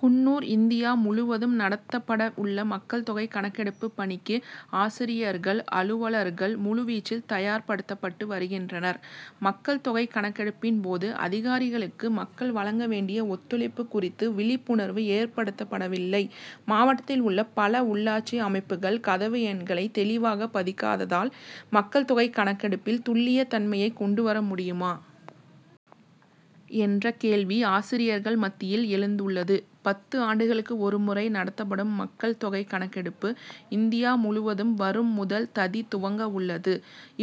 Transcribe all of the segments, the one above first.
Coonoor India முழுவதும் நடத்தப்பட உள்ள மக்கள் தொகை கணக்கெடுப்பு பணிக்கு, ஆசிரியர்கள், அலுவலர்கள் முழுவீச்சில் தயார்படுத்தப்பட்டு வருகின்றனர் மக்கள் தொகை கணக்கெடுப்பின் போது அதிகாரிகளுக்கு மக்கள் வழங்க வேண்டிய ஒத்துழைப்பு குறித்து விழிப்புணர்வு ஏற்படுத்தப்படவில்லை மாவட்டத்தில் உள்ள பல உள்ளாட்சி அமைப்புகள் கதவு எண்களை தெளிவாக பதிக்காததால், மக்கள் தொகை கணக்கெடுப்பில் துல்லியத் தன்மையை கொண்டு வர முடியுமா? என்ற கேள்வி, ஆசிரியர்கள் மத்தியில் எழுந்துள்ளது. பத்து ஆண்டுகளுக்கு ஒருமுறை நடத்தப்படும் மக்கள் தொகை கணக்கெடுப்பு, இந்தியா முழுவதும் வரும் முதல் ததி துவங்கவுள்ளது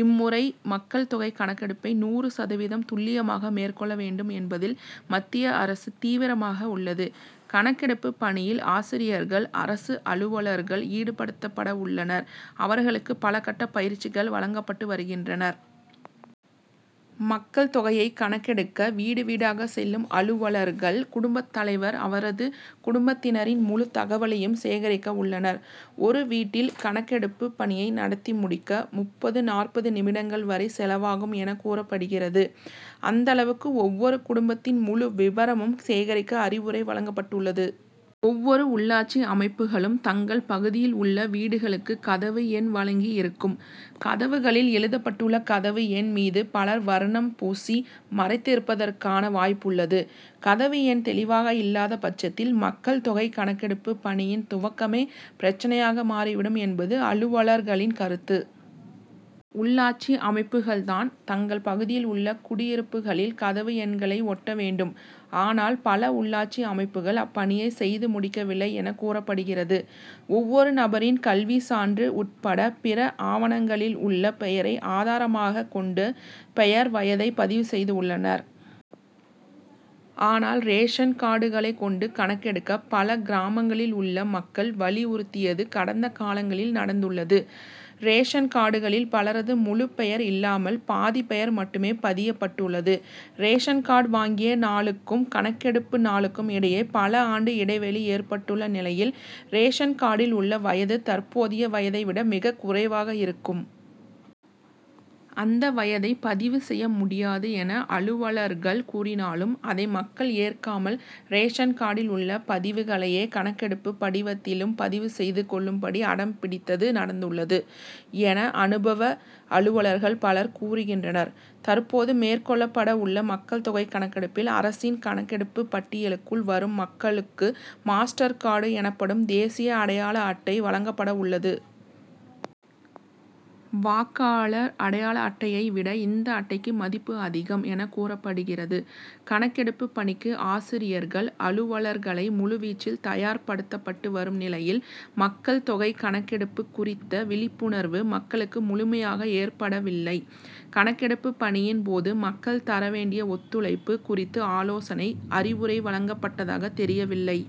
இம்முறை மக்கள் தொகை கணக்கெடுப்பை நூறு சதவீதம் துல்லியமாக மேற்கொள்ள வேண்டும் என்பதில், மத்திய அரசு தீவிரமாக உள்ளது. கணக்கெடுப்பு பணியில் ஆசிரியர்கள், அரசு அலுவலர்கள் ஈடுபடுத்தப்பட உள்ளனர் அவர்களுக்கு பல கட்டப் பயிற்சிகள் வழங்கப்பட்டு வருகின்றன. மக்கள் தொகையை கணக்கெடுக்க வீடு, வீடாக செல்லும் அலுவலர்கள், குடும்பத் தலைவர், அவரது குடும்பத்தினரின் முழு தகவலையும் சேகரிக்க உள்ளனர். ஒரு வீட்டில் கணக்கெடுப்பு பணியை நடத்தி முடிக்க முப்பது நாற்பது நிமிடங்கள் வரை செலவாகும் என கூறப்படுகிறது. அந்தளவுக்கு ஒவ்வொரு குடும்பத்தின் முழு விபரமும் சேகரிக்க அறிவுரை வழங்கப்பட்டுள்ளது. ஒவ்வொரு உள்ளாட்சி அமைப்புகளும், தங்கள் பகுதியில் உள்ள வீடுகளுக்கு கதவு எண் வழங்கியிருக்கும் கதவுகளில் எழுதப்பட்டுள்ள கதவு எண் மீது பலர் வர்ணம் பூசி மறைத்திருப்பதற்கான வாய்ப்புள்ளது கதவு எண் தெளிவாக இல்லாத பட்சத்தில் மக்கள் தொகை கணக்கெடுப்பு பணியின் துவக்கமே பிரச்னையாக மாறிவிடும் என்பது அலுவலர்களின் கருத்து. உள்ளாட்சி அமைப்புகள் தான், தங்கள் பகுதியில் உள்ள குடியிருப்புகளில், கதவு எண்களை ஒட்ட வேண்டும் ஆனால், பல உள்ளாட்சி அமைப்புகள் அப்பணியை செய்து முடிக்கவில்லை என கூறப்படுகிறது. ஒவ்வொரு நபரின் கல்விச்சான்று உட்பட பிற ஆவணங்களில் உள்ள பெயரை ஆதாரமாக கொண்டு பெயர், வயதை பதிவு செய்து உள்ளனர். ஆனால், ரேஷன் கார்டுகளை கொண்டு கணக்கெடுக்க, பல கிராமங்களில் உள்ள மக்கள் வலியுறுத்தியது, கடந்த காலங்களில் நடந்துள்ளது. ரேஷன் கார்டுகளில் பலரது முழுப் பெயர் இல்லாமல், பாதி பெயர் மட்டுமே பதியப்பட்டுள்ளது ரேஷன் கார்டு வாங்கிய நாளுக்கும், கணக்கெடுப்பு நாளுக்கும் இடையே பல ஆண்டு இடைவெளி ஏற்பட்டுள்ள நிலையில், ரேஷன் கார்டில் உள்ள வயது தற்போதைய வயதை விட மிகக் குறைவாக இருக்கும். அந்த வயதை பதிவு செய்ய முடியாது என அலுவலர்கள் கூறினாலும், அதை மக்கள் ஏற்காமல், ரேஷன் கார்டில் உள்ள பதிவுகளையே, கணக்கெடுப்பு படிவத்திலும் பதிவு செய்து கொள்ளும்படி அடம் பிடித்தது, நடந்துள்ளது' என, அனுபவ அலுவலர்கள் பலர் கூறுகின்றனர். தற்போது மேற்கொள்ளப்பட உள்ள மக்கள் தொகை கணக்கெடுப்பில், அரசின் கணக்கெடுப்பு பட்டியலுக்குள் வரும் மக்களுக்கு மாஸ்டர் கார்டு' எனப்படும் தேசிய அடையாள அட்டை வழங்கப்பட உள்ளது. வாக்காளர் அடையாள அட்டையை விட இந்த அட்டைக்கு மதிப்பு அதிகம் என கூறப்படுகிறது. கணக்கெடுப்பு பணிக்கு ஆசிரியர்கள், அலுவலர்களை முழுவீச்சில் தயார்படுத்தப்பட்டு வரும் நிலையில், மக்கள் தொகை கணக்கெடுப்பு குறித்த விழிப்புணர்வு, மக்களுக்கு முழுமையாக ஏற்படவில்லை கணக்கெடுப்பு பணியின் போது, மக்கள் தர வேண்டிய ஒத்துழைப்பு குறித்து ஆலோசனை, அறிவுரை வழங்கப்பட்டதாக தெரியவில்லை.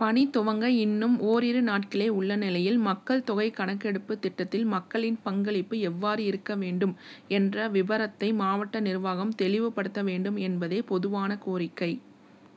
பணி துவங்க இன்னும் ஒரிரு நாட்களே உள்ள நிலையில், மக்கள் தொகை கணக்கெடுப்பு திட்டத்தில் மக்களின் பங்களிப்பு எவ்வாறு இருக்க வேண்டும்? என்ற விபரத்தை, மாவட்ட நிர்வாகம் தெளிவுபடுத்த வேண்டும் என்பதே பொதுவான கோரிக்கை.